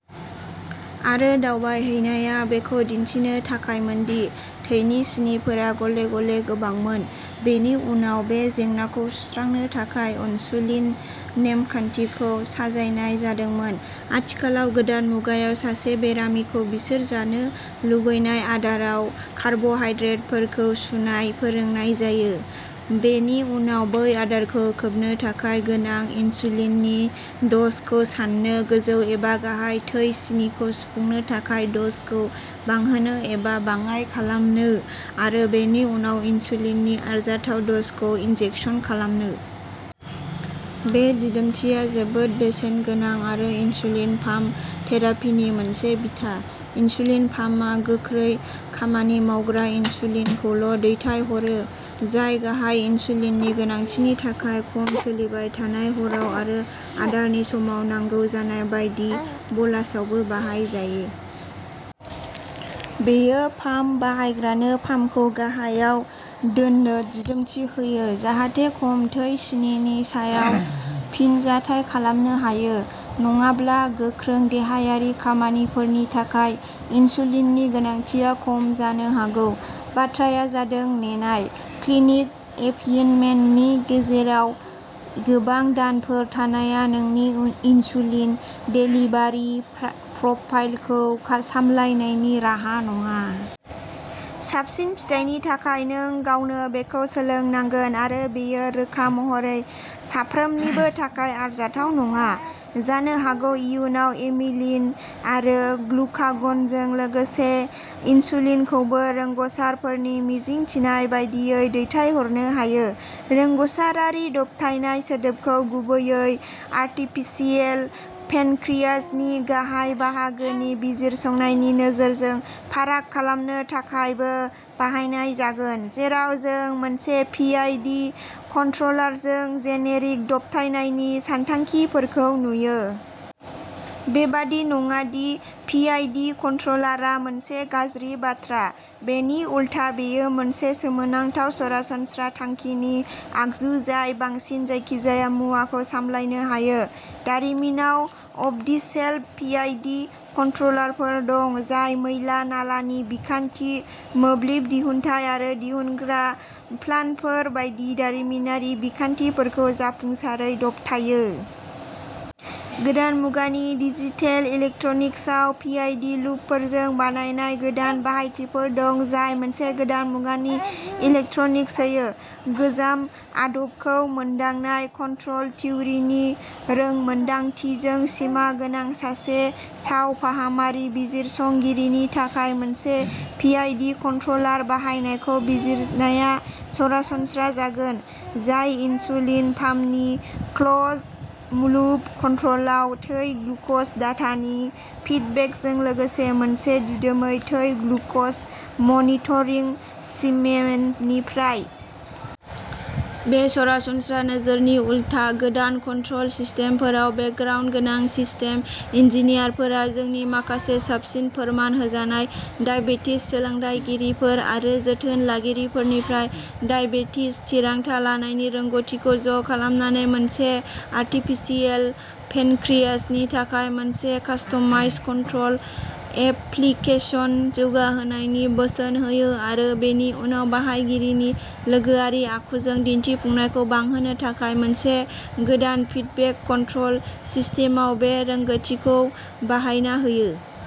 आरो। दावबायहैनाया बेखौ दिन्थिनो थाखायमोनदि थैनि सिनिफोरा गले गले गोबांमोन, बेनि उनाव बे जेंनाखौ सुस्रांनो थाखाय इनसुलिन नेमखानथिखौ साजायनाय जादोंमोन। आथिखालाव गोदान मुगायाव, सासे बेरामिखौ बिसोर जानो लुबैनाय आदाराव कार्बहाइड्रेटफोरखौ सुनाय फोरोंनाय जायो, बेनि उनाव बै आदारखौ खोबनो थाखाय गोनां इनसुलिननि द'जखौ सान्नो, गोजौ एबा गाहाय थै सिनिखौ सुफुंनो थाखाय द'जखौ बांहोनो एबा बाङाइ खालामनो, आरो बेनि उनाव इनसुलिननि आरजाथाव द'जखौ इनजेकसन खालामनो। बे दिदोमथिया जोबोद बेसेनगोनां, आरो इनसुलिन पाम्प थेरापिनि मोनसे बिथा। इनसुलिन पाम्पआ गोख्रै खामानि मावग्रा इनसुलिनखौल'दैथायहरो, जाय गाहाय इनसुलिननि गोनांथिनि थाखाय खम सोलिबाय थानाय हाराव आरो आदारनि समाव नांगौ जानाय बायदि बलासआवबो बाहायजायो। बेयो पाम्प बाहायग्रानो पाम्पखौ गाहायाव दोननो दिदोमथि होयो जाहाथे खम थै सिनिनि सायाव फिनजाथाय खालामनो हायो, नङाब्ला गोख्रों देहायारि खामानिफोरनि थाखाय इनसुलिननि गोनांथिया खम जानो हागौ। बाथ्राआ जादोंः नेनाय। क्लिनिक एपइन्टमेन्टनि गेजेराव गोबां दानफोर थानाया नोंनि इनसुलिन देलिभारि प्रफाइलखौ सामलायनायनि राहा नङा। साबसिन फिथायनि थाखाय नों गावनो बेखौ सोलोंनांगोन, आरो बेयो रोखा महरै साफ्रोमनिबो थाखाय आरजाथाव नङा। जानो हागौ इयुनाव, एमिलिन आरो ग्लुकागनजों लोगोसे इनसुलिनखौबो रोंग'सारफोरनि मिजिंथिनाय बायदियै दैथायहरनो हायो। रोंग'सारारि दबथायनाय सोदोबखौ गुबैयै आर्टिफिसियेल पेनक्रियाजनि गाहाय बाहागोनि बिजिरसंनायनि नोजोरजों फाराग खालामनो थाखायबो बाहायनाय जागोन, जेराव जों मोनसे पिआइडि कन्ट्र'लारजों जेनेरिक दबथायनायनि सानथांखिफोरखौ नुयो। बेबादि नङा दि पिआइडि कन्ट्र'लारआ मोनसे गाज्रि बाथ्रा-- बेनि उलथा बेयो मोनसे सोमोनांथाव सरासनस्रा थांखिनि आगजु जाय बांसिन जायखिजाया मुवाखौ सामलायनो हायो। दारिमिनाव अफ-दि-शेल्फ पिआइडि कन्ट्र'लारफोर दं जाय मैला-नालानि बिखान्थि, मोब्लिब दिहुन्थाय आरो दिहुनग्रा प्लान्टफोर बायदि दारिमिनारि बिखान्थिफोरखौ जाफुंसारै दबथायो। गोदान मुगानि डिजिटेल इलेक्ट्रनिक्सआव पिआइडि लुपफोरजों बानायनाय गोदान बाहायथिफोर दं, जाय मोनसे गोदान मुगानि इलेक्ट्रनिक्स होयो। गोजाम आदबखौ मोनदांनाय। कन्ट्रल थिउरिनि रोंमोन्दांथिजों सिमा गोनां सासे सावफाहामारि बिजिरसंगिरिनि थाखाय मोनसे पिआइडि कन्ट्र'लार बाहायनायखौ बिजिरनाया सरासनस्रा जागोन, जाय इनसुलिन पाम्पनि क्लोज्ड-लुप कन्ट्र'लआव थै ग्लुक'ज डाटानि फिडबेकजों लोगोसे मोनसे दिदोमै थै ग्लुक'ज मनिटरिं सिस्टेमनिफ्राय। बे सरासनस्रा नोजोरनि उल्था, गोदान कन्ट्रल सिस्टेमफोराव बेकग्राउन्ड गोनां सिस्टेम इन्जिनियारफोरा जोंनि माखासे साबसिन फोरमान होजानाय डायबेटिस सोलोंथायगिरिफोर आरो जोथोन लागिरिफोरनिफ्राय डायबेटिस थिरांथा लानायनि रोंग'थिखौ ज'खालामनानै मोनसे आरटिफिसियेल पेनक्रियाजनि थाखाय मोनसे कास्टमाइज्ड कन्ट्रल एप्लिकेशन जौगाहोनायनि बोसोन होयो आरो बेनि उनाव बाहायगिरिनि लोगोआरि आखुजों दिन्थिफुंनायखौ बांहोनो थाखाय मोनसे गोदान फिडबेक कन्ट्रल सिस्टेमाव बै रोंग'थिखौ बाहायना होयो।